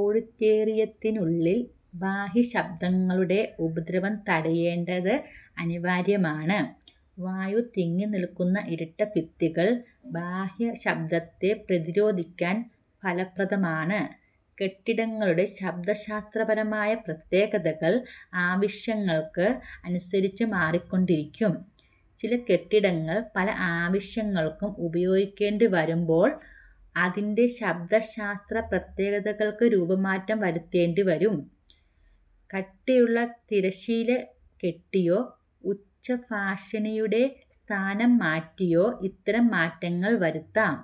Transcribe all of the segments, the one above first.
ഓഡിറ്റോറിയത്തിനുള്ളിൽ ബാഹ്യശബ്ദങ്ങളുടെ ഉപദ്രവം തടയേണ്ടത് അനിവാര്യമാണ്. വായു തങ്ങിനിൽക്കുന്ന ഇരട്ട ഭിത്തികൾ ബാഹ്യശബ്ദത്തെ പ്രതിരോധിക്കാൻ ഫലപ്രദമാണ്. കെട്ടിടങ്ങളുടെ ശബ്ദശാസ്ത്രപരമായ പ്രത്യേകതകൾ ആവശ്യങ്ങൾക്ക് അനുസരിച്ച് മാറിക്കൊണ്ടിരിക്കും. ചില കെട്ടിടങ്ങൾ പല ആവശ്യങ്ങൾക്കു ഉപയോഗിക്കേണ്ടിവരുമ്പോൾ അതിൻ്റെ ശബ്ദശാസ്ത്ര പ്രത്യേകതകൾക്ക് രൂപമാറ്റം വരുത്തേണ്ടിവരും. കട്ടിയുള്ള തിരശ്ശീല കെട്ടിയോ ഉച്ചഭാഷിണിയുടെ സ്ഥാനം മാറ്റിയോ ഇത്തരം മാറ്റങ്ങൾ വരുത്താം.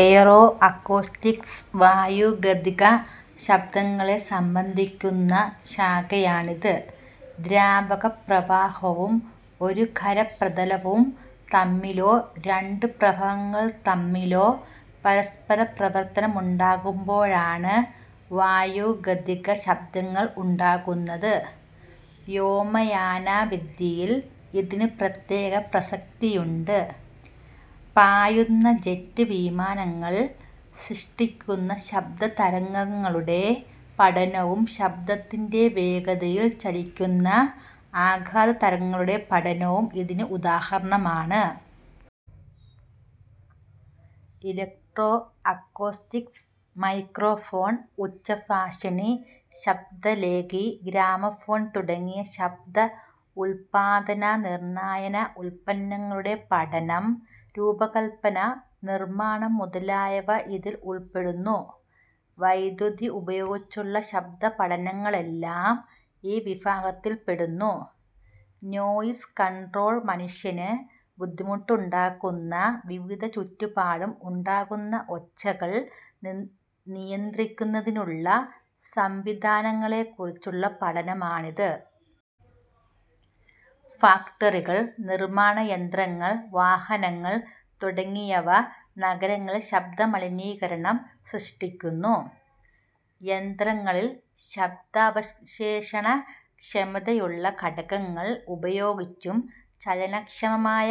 എയറോഅക്കോസ്റ്റിക്സ് വായുഗതിക ശബ്ദങ്ങളെ സംബന്ധിക്കുന്ന ശാഖയാണിത്. ദ്രാവക പ്രവാഹവും ഒരു ഖര പ്രതലവും തമ്മിലോ രണ്ടു പ്രവഹങ്ങൾ തമ്മിലോ പരസ്പര പ്രവർത്തനമുണ്ടാകുമ്പോഴാണ് വായുഗതിക ശബ്ദങ്ങൾ ഉണ്ടാകുന്നത്. വ്യോമയാന വിദ്യയിൽ ഇതിന് പ്രത്യേക പ്രസക്തിയുണ്ട്. പായുന്ന ജെറ്റ് വിമാനങ്ങൾ സൃഷ്ടിക്കുന്ന ശബ്ദതരംഗങ്ങളുടെ പഠനവും ശബ്ദത്തിൻ്റെ വേഗതയിൽ ചലിക്കുന്ന ആഘാത തരംഗങ്ങളുടെ പഠനവും ഇതിന് ഉദാഹരണമാണ്. ഇലക്ട്രോ അക്കോസ്റ്റിക്സ് മൈക്രോഫോൺ, ഉച്ചഭാഷിണി, ശബ്ദലേഖി, ഗ്രാമഫോൺ തുടങ്ങിയ ശബ്ദ ഉൽപ്പാദന നിർണ്ണായന ഉപകരണങ്ങളുടെ പഠനം, രൂപകൽപ്പന, നിർമ്മാണം മുതലായവ ഇതിൽ ഉൾപ്പെടുന്നു. വൈദ്യുതി ഉപയോഗിച്ചുള്ള ശബ്ദപഠനങ്ങളെല്ലാം ഈ വിഭാഗത്തിൽപ്പെടുന്നു. നോയിസ് കൺട്രോൾ മനുഷ്യന് ബുദ്ധിമുട്ടുണ്ടാക്കുന്ന വിധത്തിൽ ചുറ്റുപാടും ഉണ്ടാകുന്ന ഒച്ചകൾ നിയന്ത്രിക്കുന്നതിനുള്ള സംവിധാനങ്ങളെക്കുറിച്ചുള്ള പഠനമാണിത്. ഫാക്ടറികൾ, നിർമ്മാണ യന്ത്രങ്ങൾ, വാഹനങ്ങൾ തുടങ്ങിയവ നഗരങ്ങളിൽ ശബ്ദമലിനീകരണം സൃഷ്ടിക്കുന്നു. യന്ത്രങ്ങളിൽ ശബ്ദാവശോഷണ ക്ഷമതയുള്ള ഘടകങ്ങൾ ഉപയോഗിച്ചും ചലനക്ഷമമായ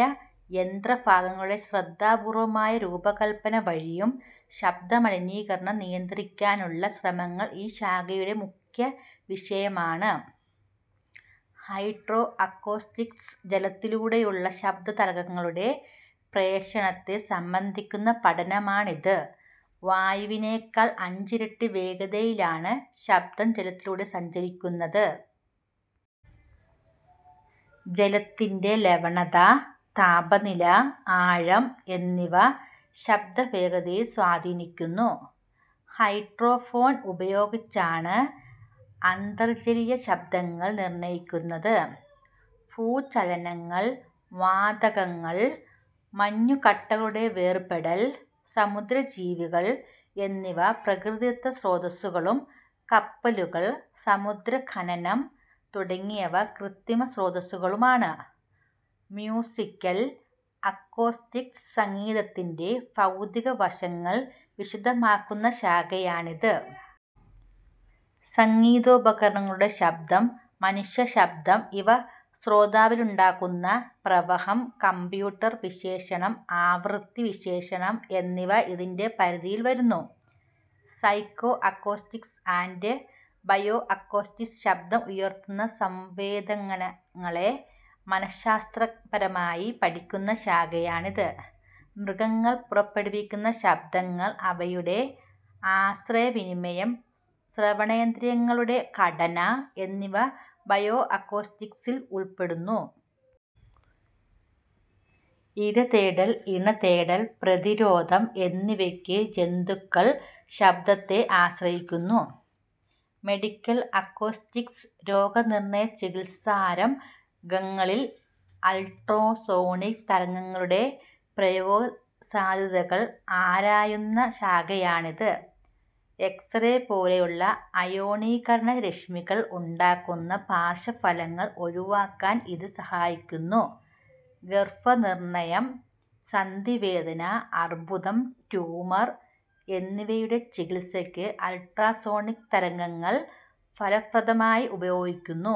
യന്ത്രഭാഗങ്ങളുടെ ശ്രദ്ധാപൂർവ്വമായ രൂപകൽപ്പന വഴിയും ശബ്ദമലിനീകരണം നിയന്ത്രിക്കാനുള്ള ശ്രമങ്ങൾ ഈ ശാഖയുടെ മുഖ്യ വിഷയമാണ്. ഹൈഡ്രോ അക്കോസ്റ്റിക്സ് ജലത്തിലൂടെയുള്ള ശബ്ദതരംഗങ്ങളുടെ പ്രേഷണത്തെ സംബന്ധിക്കുന്ന പഠനമാണിത്. വായുവിനേക്കാൾ അഞ്ചിരട്ടി വേഗതയിലാണ് ശബ്ദം ജലത്തിലൂടെ സഞ്ചരിക്കുന്നത്. ജലത്തിൻ്റെ ലവണത, താപനില, ആഴം എന്നിവ ശബ്ദവേഗതയെ സ്വാധീനിക്കുന്നു. ഹൈഡ്രോഫോൺ ഉപയോഗിച്ചാണ് അന്തർജലീയ ശബ്ദങ്ങൾ നിർണ്ണയിക്കുന്നത്. ഭൂചലനങ്ങൾ, വാതങ്ങൾ, മഞ്ഞുകട്ടകളുടെ വേർപെടൽ, സമുദ്രജീവികൾ എന്നിവ പ്രകൃതിദത്ത സ്രോതസ്സുകളും കപ്പലുകൾ, സമുദ്ര ഖനനം തുടങ്ങിയവ കൃത്രിമ സ്രോതസ്സുകളുമാണ്. മ്യൂസിക്കൽ അക്കോസ്റ്റിക്സ് സംഗീതത്തിൻ്റെ ഭൗതിക വശങ്ങൾ വിശദമാക്കുന്ന ശാഖയാണിത്. സംഗീതോപകരണങ്ങളുടെ ശബ്ദം, മനുഷ്യശബ്ദം ഇവ ശ്രോതാവിലുണ്ടാക്കുന്ന പ്രഭഹം, കമ്പ്യൂട്ടർ വിശ്ലേഷണം, ആവൃത്തി വിശ്ലേഷണം എന്നിവ ഇതിൻ്റെ പരിധിയിൽ വരുന്നു. Psycho acoustics and bio acoustics ശബ്ദം ഉണർത്തുന്ന സംവേദനങ്ങനെ ങ്ങളെ മനഃശാസ്ത്രപരമായി പഠിക്കുന്ന ശാഖയാണിത്. മൃഗങ്ങൾ പുറപ്പെടുവിക്കുന്ന ശബ്ദങ്ങൾ, അവയുടെ ആശയവിനിമയം, ശ്രവണേന്ദ്രിയങ്ങളുടെ ഘടന എന്നിവ ബയോ അക്കോസ്റ്റിക്സിൽ ഉൾപ്പെടുന്നു. ഇരതേടൽ, ഇണതേടൽ, പ്രതിരോധം എന്നിവയ്ക്ക് ജന്തുക്കൾ ശബ്ദത്തെ ആശ്രയിക്കുന്നു. മെഡിക്കൽ അക്കോസ്റ്റിക്സ് രോഗനിർണ്ണയ-ചികിത്സാരംഗങ്ങളിൽ അൾട്രാസോണിക് തരംഗങ്ങളുടെ പ്രയോഗസാധ്യതകൾ ആരായുന്ന ശാഖയാണിത്. എക്സ്-റേ പോലെയുള്ള അയോണീകരണ രശ്മികൾ ഉണ്ടാക്കുന്ന പാർശ്വഫലങ്ങൾ ഒഴിവാക്കാൻ ഇത് സഹായിക്കുന്നു. ഗർഭനിർണ്ണയം, സന്ധിവേദന, അർബുദം, ട്യൂമർ എന്നിവയുടെ ചികിത്സയ്ക്ക് അൾട്രാസോണിക് തരംഗങ്ങൾ ഫലപ്രദമായി ഉപയോഗിക്കുന്നു.